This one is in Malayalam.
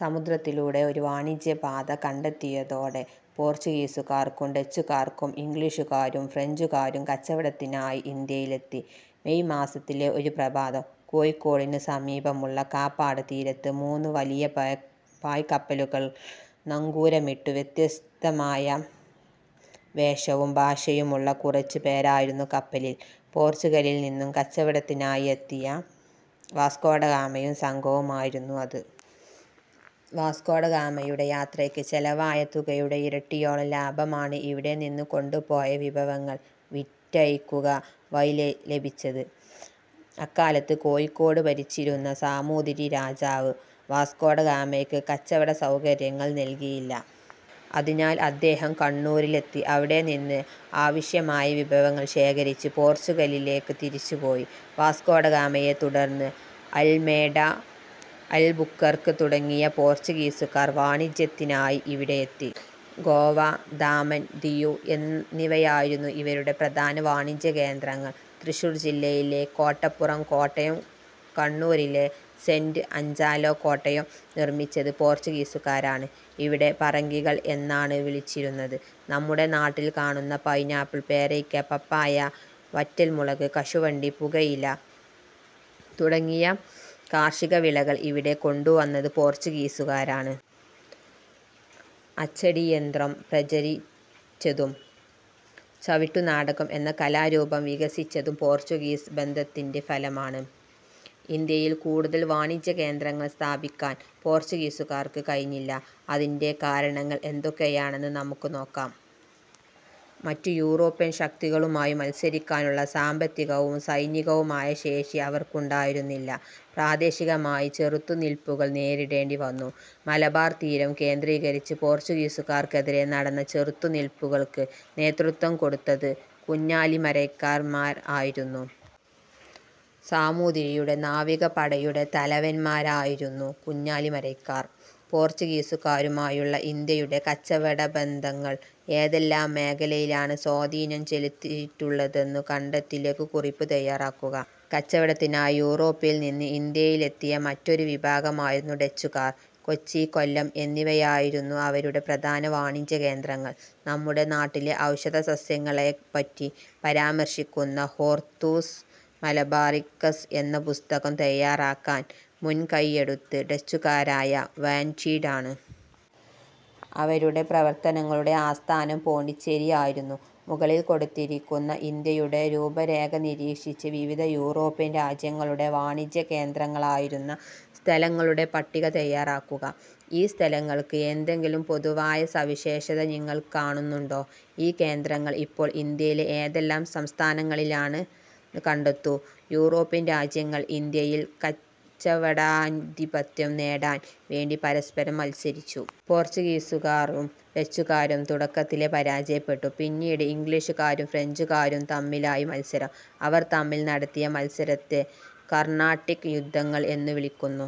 സമുദ്രത്തിലൂടെ ഒരു വാണിജ്യപാത കണ്ടെത്തിയതോടെ പോർച്ചുഗീസുകർക്കും ഡച്ചുകാർക്കും ഇംഗ്ലീഷുകാരും ഫ്രഞ്ചുകാരും കച്ചവടത്തിനായി ഇന്ത്യയിലെത്തി. മേയ് മാസത്തിലെ ഒരു പ്രഭാതം. കോഴിക്കോടിനു സമീപമുള്ള കാപ്പാട് തീരത്ത് മൂന്ന് വലിയ പായ്ക്കപ്പലുകൾ നങ്കൂരമിട്ടു. വ്യത്യസ്തമായ വേഷവും ഭാഷയുമുള്ള കുറച്ചു പേരായിരുന്നു കപ്പലിൽ. പോർച്ചുഗലിൽ നിന്ന് കച്ചവടത്തിനായി എത്തിയ വാസ്കോഡഗാമയും സംഘവുമായിരുന്നു അത്. വാസ്കോഡഗാമയുടെ യാത്രയ്ക്ക് ചെലവായ തുകയുടെ ഇരട്ടിയോളം ലാഭമാണ് ഇവിടെനിന്ന് കൊണ്ടുപോയ വിഭവങ്ങൾ വിറ്റഴിക്കുക വഴി ലഭിച്ചത്. അക്കാലത്ത് കോഴിക്കോട് ഭരിച്ചിരുന്ന സാമൂതിരി രാജാവ് വാസ്കോഡഗാമയ്ക്ക് കച്ചവടസൗകര്യങ്ങൾ നൽകിയില്ല. അതിനാൽ അദ്ദേഹം കണ്ണൂരിലെത്തി. അവിടെനിന്ന് ആവശ്യമായ വിഭവങ്ങൾ ശേഖരിച്ച് പോർച്ചുഗലിലേക്ക് തിരിച്ചുപോയി. വാസ്കോഡഗാമയെ തുടർന്ന് അൽമേഡ, അൽബുക്കർക്ക് തുടങ്ങിയ പോർച്ചുഗീസുകാർ വാണിജ്യത്തിനായി ഇവിടെയെത്തി. ഗോവ, ദാമൻ, ദിയു എന്നിവയായിരുന്നു ഇവരുടെ പ്രധാന വാണിജ്യകേന്ദ്രങ്ങൾ. തൃശൂർ ജില്ലയിലെ കോട്ടപ്പുറം കോട്ടയും കണ്ണൂരിലെ സെന്റ് ആഞ്ചലോ കോട്ടയും നിർമ്മിച്ചത് പോർച്ചുഗീസുകാരാണ്. ഇവരെ "പറങ്കികൾ" എന്നാണ് വിളിച്ചിരുന്നത്. നമ്മുടെ നാട്ടിൽ കാണുന്ന പൈനാപ്പിൾ, പേരയ്ക്ക, പപ്പായ, വറ്റൽമുളക്, കശുവണ്ടി, പുകയില തുടങ്ങിയ കാർഷിക വിളകൾ ഇവിടെ കൊണ്ടുവന്നത് പോർച്ചുഗീസുകാരാണ്. അച്ചടിയന്ത്രം പ്രചരിച്ചതും ചവിട്ടുനാടകം എന്ന കലാരൂപം വികസിച്ചതും പോർച്ചുഗീസ് ബന്ധത്തിന്റെ ഫലമായാണ്. ഇന്ത്യയിൽ കൂടുതൽ വാണിജ്യകേന്ദ്രങ്ങൾ സ്ഥാപിക്കാൻ പോർച്ചുഗീസുകാർക്ക് കഴിഞ്ഞില്ല. അതിന്റെ കാരണങ്ങൾ എന്തൊക്കെയാണെന്ന് നമുക്ക് നോക്കാം. മറ്റ് യൂറോപ്യൻ ശക്തികളുമായി മത്സരിക്കാനുള്ള സാമ്പത്തികവും സൈനികവുമായ ശേഷി അവർക്കുണ്ടായിരുന്നില്ല. പ്രാദേശികമായ ചെറുത്തു നിൽപ്പുകൾ നേരിടേണ്ടിവന്നു. മലബാർ തീരം കേന്ദ്രീകരിച്ച് പോർച്ചുഗീസുകാർക്കെതിരെ നടന്ന ചെറുത്തുനിൽപ്പുകൾക്ക് നേതൃത്വം കൊടുത്തത് കുഞ്ഞാലിമരയ്ക്കാർമാർ ആയിരുന്നു. സാമൂതിരിയുടെ നാവിക പടയുടെ തലവന്മാരായിരുന്നു കുഞ്ഞാലിമരയ്ക്കാർ. പോർച്ചുഗീസുകാരുമായുള്ള ഇന്ത്യയുടെ കച്ചവടബന്ധങ്ങൾ ഏതെല്ലാം മേഖലയിലാണ് സ്വാധീനം ചെലുത്തിയിട്ടുള്ളതെന്ന് കണ്ടെത്തി ലഘുകുറിപ്പ് തയ്യാറാക്കുക. കച്ചവടത്തിനായി യൂറോപ്പിൽനിന്ന് ഇന്ത്യയിലെത്തിയ മറ്റൊരു വിഭാഗമായിരുന്നു ഡച്ചുകാർ. കൊച്ചി, കൊല്ലം എന്നിവയായിരുന്നു അവരുടെ പ്രധാന വാണിജ്യകേന്ദ്രങ്ങൾ. നമ്മുടെ നാട്ടിലെ ഔഷധസസ്യങ്ങളെപ്പറ്റി പരാമർശിക്കുന്ന ഹോർത്തൂസ് മലബാറിക്കസ് എന്ന പുസ്തകം തയ്യാറാക്കാൻ മുൻകൈയെടുത്തത് ഡച്ചുകാരായ വാന്റീഡ് ആണ്. അവരുടെ പ്രവർത്തനങ്ങളുടെ ആസ്ഥാനം പോണ്ടിച്ചേരി ആയിരുന്നു. മുകളിൽ കൊടുത്തിരിക്കുന്ന ഇന്ത്യയുടെ രൂപരേഖ നിരീക്ഷിച്ച് വിവിധ യൂറോപ്യൻ രാജ്യങ്ങളുടെ വാണിജ്യകേന്ദ്രങ്ങളായിരുന്ന സ്ഥലങ്ങളുടെ പട്ടിക തയ്യാറാക്കുക. ഈ സ്ഥലങ്ങൾക്ക് എന്തെങ്കിലും പൊതുവായ സവിശേഷത നിങ്ങൾ കാണുന്നുണ്ടോ? ഈ കേന്ദ്രങ്ങൾ ഇപ്പോൾ ഇന്ത്യയിലെ ഏതെല്ലാം സംസ്ഥാനങ്ങളിലാണ് കണ്ടെത്തു. യൂറോപ്യൻ രാജ്യങ്ങൾ ഇന്ത്യയിൽ കച്ചവടാധിപത്യം നേടാൻ വേണ്ടി പരസ്പരം മത്സരിച്ചു. പോർച്ചുഗീസുകാരും ഡച്ചുകാരും തുടക്കത്തിലേ പരാജയപ്പെട്ടു. പിന്നീട്, ഇംഗ്ലീഷുകാരും ഫ്രഞ്ചുകാരും തമ്മിലായി മത്സരം. അവർ തമ്മിൽ നടത്തിയ മത്സരത്തെ കർണാട്ടിക് യുദ്ധങ്ങൾ എന്നു വിളിക്കുന്നു.